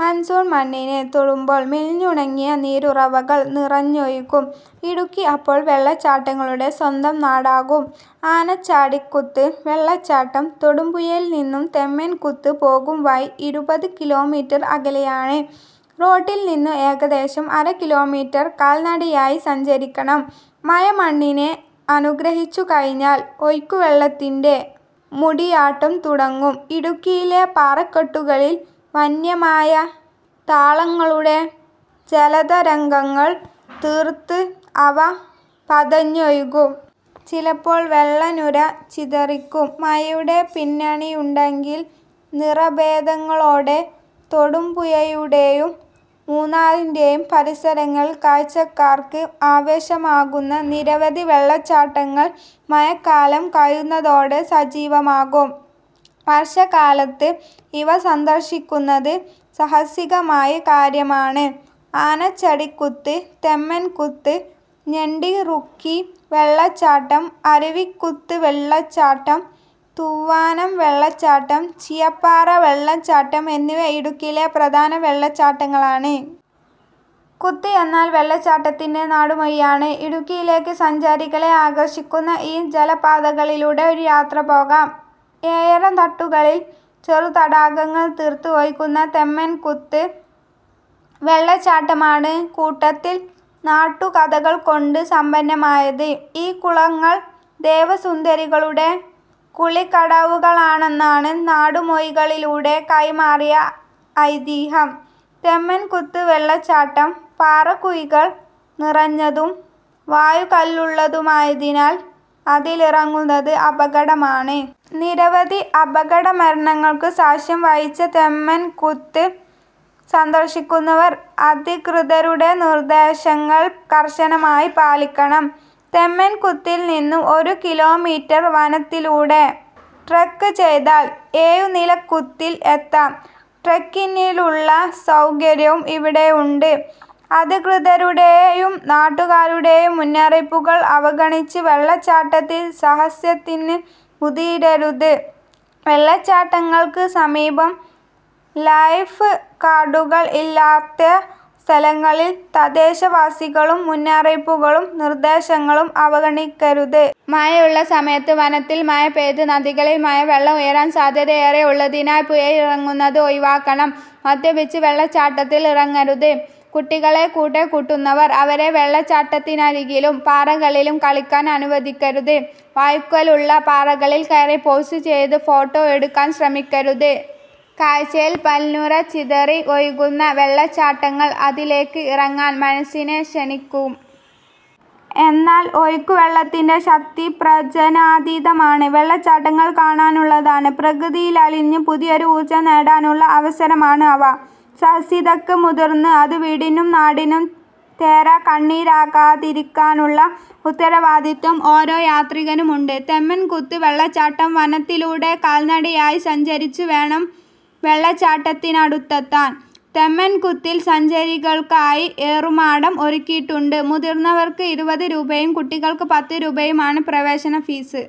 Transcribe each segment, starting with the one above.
Monsoon മണ്ണിനെ തൊടുമ്പോൾ മെലിഞ്ഞുണങ്ങിയ നീരുറവകൾ നിറഞ്ഞൊഴുകും. ഇടുക്കി അപ്പോൾ വെള്ളച്ചാട്ടങ്ങളുടെ സ്വന്തം നാടാകും. ആനചാടിക്കുത്ത് വെള്ളച്ചാട്ടം തൊടുപുഴയിൽനിന്ന് തൊമ്മൻകുത്ത് പോകുംവഴി ഇരുപത് കിലോമീറ്റർ അകലെയാണ്. റോഡിൽനിന്ന് ഏകദേശം അര കിലോമീറ്റർ കാൽനടയായി സഞ്ചരിക്കണം. മഴ മണ്ണിനെ അനുഗ്രഹിച്ചുകഴിഞ്ഞാൽ ഒഴുക്കുവെള്ളത്തിന്റെ മുടിയാട്ടം തുടങ്ങും. ഇടുക്കിയിലെ പാറക്കെട്ടുകളിൽ വന്യമായ താളങ്ങളുടെ ജലതരംഗങ്ങൾ തീർത്ത് അവ പതഞ്ഞൊഴുകും. ചിലപ്പോൾ വെള്ളനുര ചിതറിക്കും. മഴയുടെ പിന്നണിയുണ്ടെങ്കിൽ നിറഭേദങ്ങളോടെ തൊടുപുഴയുടെയും മൂന്നാറിന്റെയും പരിസരങ്ങളിൽ കാഴ്ചക്കാർക്ക് ആവേശമാകുന്ന നിരവധി വെള്ളച്ചാട്ടങ്ങൾ മഴക്കാലം കഴിയുന്നതോടെ സജീവമാകും. വർഷകാലത്ത് ഇവ സന്ദർശിക്കുന്നത് സാഹസികമായ കാര്യമാണ്. ആനചാടിക്കുത്ത്, തൊമ്മൻകുത്ത്, ഞണ്ടിറുക്കി വെള്ളച്ചാട്ടം, അരുവിക്കുത്ത് വെള്ളച്ചാട്ടം, തൂവാനം വെള്ളച്ചാട്ടം, ചീയപ്പാറ വെള്ളച്ചാട്ടം എന്നിവ ഇടുക്കിയിലെ പ്രധാന വെള്ളച്ചാട്ടങ്ങളാണ്. കുത്ത് എന്നാൽ വെള്ളച്ചാട്ടത്തിന്റെ നാട്ടുമൊഴിയാണ്. ഇടുക്കിയിലേക്ക് സഞ്ചാരികളെ ആകർഷിക്കുന്ന ഈ ജലപാതങ്ങളിലൂടെ ഒരു യാത്ര പോകാം. ഏഴരത്തട്ടുകളിൽ ചെറുതടാകങ്ങൾ തീർത്ത് ഒഴുകുന്ന തൊമ്മൻകുത്ത് വെള്ളച്ചാട്ടമാണ് കൂട്ടത്തിൽ നാട്ടുകഥകൾകൊണ്ട് സമ്പന്നമായത്. ഈ കുളങ്ങൾ ദേവസുന്ദരികളുടെ കുളിക്കടവുകളാണെന്നാണ് നാട്ടുമൊഴികളിലൂടെ കൈമാറിയ ഐതിഹ്യം. തൊമ്മൻകുത്ത് വെള്ളച്ചാട്ടം പാറക്കുഴികൾ നിറഞ്ഞതും വഴുക്കലുള്ളതുമായതിനാൽ അതിലിറങ്ങുന്നത് അപകടമാണ്. നിരവധി അപകടമരണങ്ങൾക്ക് സാക്ഷ്യംവഹിച്ച തൊമ്മൻകുത്ത് സന്ദർശിക്കുന്നവർ അധികൃതരുടെ നിർദേശങ്ങൾ കർശനമായി പാലിക്കണം. തൊമ്മൻകുത്തിൽനിന്ന് ഒരു കിലോമീറ്റർ വനത്തിലൂടെ ട്രെക്ക് ചെയ്താൽ ഏഴുനിലക്കുത്തിൽ എത്താം. ട്രെക്കിങ്ങിനുള്ള സൗകര്യവും ഇവിടെയുണ്ട്. അധികൃതരുടെയും നാട്ടുകാരുടെയും മുന്നറിയിപ്പുകൾ അവഗണിച്ച് വെള്ളച്ചാട്ടത്തിൽ സാഹസത്തിന് മുതിരരുത്. വെള്ളച്ചാട്ടങ്ങൾക്ക് സമീപം ലൈഫ് ഗാർഡുകൾ ഇല്ലാത്ത സ്ഥലങ്ങളിൽ തദ്ദേശവാസികളുടെ മുന്നറിയിപ്പുകളും നിർദേശങ്ങളും അവഗണിക്കരുത്. മഴയുള്ള സമയത്ത് വനത്തിൽ മഴ പെയ്ത് നദികളിൽ മലവെള്ളം ഉയരാൻ സാധ്യതയേറെയുള്ളതിനാൽ പുഴയിലിറങ്ങുന്നത് ഒഴിവാക്കണം. മദ്യപിച്ച് വെള്ളച്ചാട്ടത്തിൽ ഇറങ്ങരുത്. കുട്ടികളെ കൂടെക്കൂട്ടുന്നവർ അവരെ വെള്ളച്ചാട്ടത്തിനരികിലും പാറകളിലും കളിക്കാൻ അനുവദിക്കരുത്. വഴുക്കലുള്ള പാറകളിൽ കയറി പോസ് ചെയ്ത് ഫോട്ടോ എടുക്കാൻ ശ്രമിക്കരുത്. കാഴ്ചയിൽ പാൽനുര ചിതറി ഒഴുകുന്ന വെള്ളച്ചാട്ടങ്ങൾ അതിലേക്ക് ഇറങ്ങാൻ മനസ്സിനെ ക്ഷണിക്കും. എന്നാൽ ഒഴുക്കുവെള്ളത്തിന്റെ ശക്തി പ്രവചനാതീതമാണ്. വെള്ളച്ചാട്ടങ്ങൾ കാണാനുള്ളതാണ്. പ്രകൃതിയിലലിഞ്ഞ് പുതിയൊരു ഊർജം നേടാനുള്ള അവസരമാണ് അവ. സാഹസികതയ്ക്ക് മുതിർന്ന് അത് വീടിനും നാടിനും തോരാക്കണ്ണീരാകാതിരിക്കാനുള്ള ഉത്തരവാദിത്തം ഓരോ യാത്രികനുമുണ്ട്. തൊമ്മൻകുത്ത് വെള്ളച്ചാട്ടം വനത്തിലൂടെ കാൽനടയായി സഞ്ചരിച്ചുവേണം വെള്ളച്ചാട്ടത്തിനടുത്തെത്താൻ. തൊമ്മൻകുത്തിൽ സഞ്ചാരികൾക്കായി ഏറുമാടം ഒരുക്കിയിട്ടുണ്ട്. മുതിർന്നവർക്ക് ഇരുപത് രൂപയും കുട്ടികൾക്ക് പത്ത് രൂപയുമാണ് പ്രവേശനഫീസ്.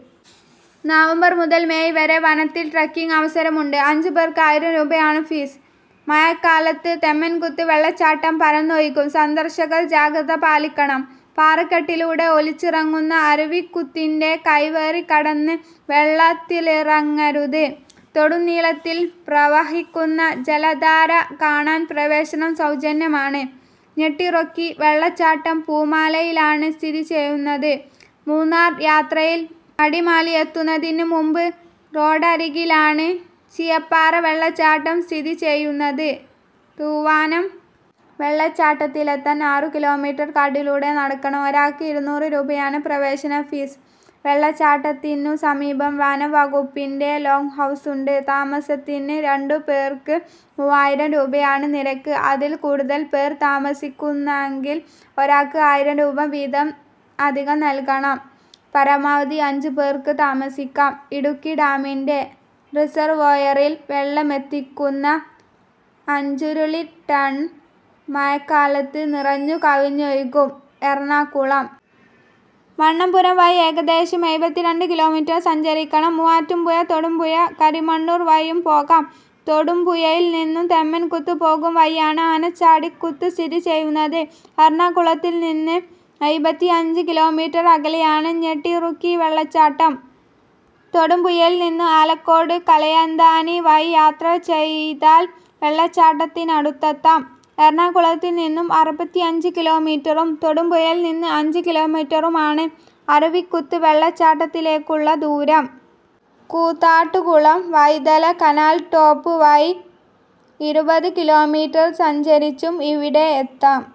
നവംബർ മുതൽ മേയ് വരെ വനത്തിൽ ട്രെക്കിങ്ങിന് അവസരമുണ്ട്. അഞ്ചുപേർക്ക് ആയിരം രൂപയാണ് ഫീസ്. മഴക്കാലത്ത് തൊമ്മൻകുത്ത് വെള്ളച്ചാട്ടം പരന്നൊഴുകും. സന്ദർശകർ ജാഗ്രത പാലിക്കണം. പാറക്കെട്ടിലൂടെ ഒലിച്ചിറങ്ങുന്ന അരുവിക്കുത്തിന്റെ കൈവരി കടന്ന് വെള്ളത്തിലിറങ്ങരുത്. നെടുനീളത്തിൽ പ്രവഹിക്കുന്ന ജലധാര കാണാൻ പ്രവേശനം സൗജന്യമാണ്. ഞണ്ടിറുക്കി വെള്ളച്ചാട്ടം പൂമാലയിലാണ് സ്ഥിതി ചെയ്യുന്നത്. മൂന്നാർ യാത്രയിൽ അടിമാലി എത്തുന്നതിനു മുൻപ് റോഡരികിലാണ് ചീയപ്പാറ വെള്ളച്ചാട്ടം സ്ഥിതി ചെയ്യുന്നത്. തൂവാനം വെള്ളച്ചാട്ടത്തിലെത്താൻ ആറു കിലോമീറ്റർ കാട്ടിലൂടെ നടക്കണം. ഒരാൾക്ക് ഇരുനൂറ് രൂപയാണ് പ്രവേശനഫീസ്. വെള്ളച്ചാട്ടത്തിനുസമീപം വനംവകുപ്പിന്റെ ലോഗ്ഹൗസുണ്ട്. താമസത്തിന് രണ്ടു പേർക്ക് മൂവായിരം രൂപയാണ് നിരക്ക്. അതിൽ കൂടുതൽ പേർ താമസിക്കുന്നെങ്കിൽ ഒരാൾക്ക് ആയിരം രൂപ വീതം അധികം നൽകണം. പരമാവധി അഞ്ചുപേർക്ക് താമസിക്കാം. ഇടുക്കി ഡാമിന്റെ റിസർവോയറിൽ വെള്ളമെത്തിക്കുന്ന അഞ്ചുരുളി ടണൽ മഴക്കാലത്ത് നിറഞ്ഞുകവിഞ്ഞൊഴുകും. എറണാകുളം വണ്ണപ്പുറം വഴി ഏകദേശം എഴുപത്തിരണ്ട് കിലോമീറ്റർ സഞ്ചരിക്കണം. മൂവാറ്റുപുഴ തൊടുപുഴ കരിമണ്ണൂർ വഴിയും പോകാം. തൊടുപുഴയിൽനിന്ന് തൊമ്മൻകുത്ത് പോകുംവഴിയാണ് ആനചാടിക്കുത്ത് സ്ഥിതി ചെയ്യുന്നത്. എറണാകുളത്തുനിന്ന് എൺപത്തിയഞ്ച് കിലോമീറ്റർ അകലെയാണ് ഞണ്ടിറുക്കി വെള്ളച്ചാട്ടം. തൊടുപുഴയിൽനിന്ന് ആലക്കോട് കലയന്താനി വഴി യാത്ര ചെയ്താൽ വെള്ളച്ചാട്ടത്തിനടുത്തെത്താം. എറണാകുളത്തുനിന്ന് അറുപത്തിയഞ്ച് കിലോമീറ്ററും തൊടുപുഴയിൽനിന്ന് അഞ്ച് കിലോമീറ്ററുമാണ് അരുവിക്കുത്ത് വെള്ളച്ചാട്ടത്തിലേക്കുള്ള ദൂരം. Koothattukulam Vazhithala canal top road വഴി ഇരുപത് കിലോമീറ്റർ സഞ്ചരിച്ചും ഇവിടെ എത്താം.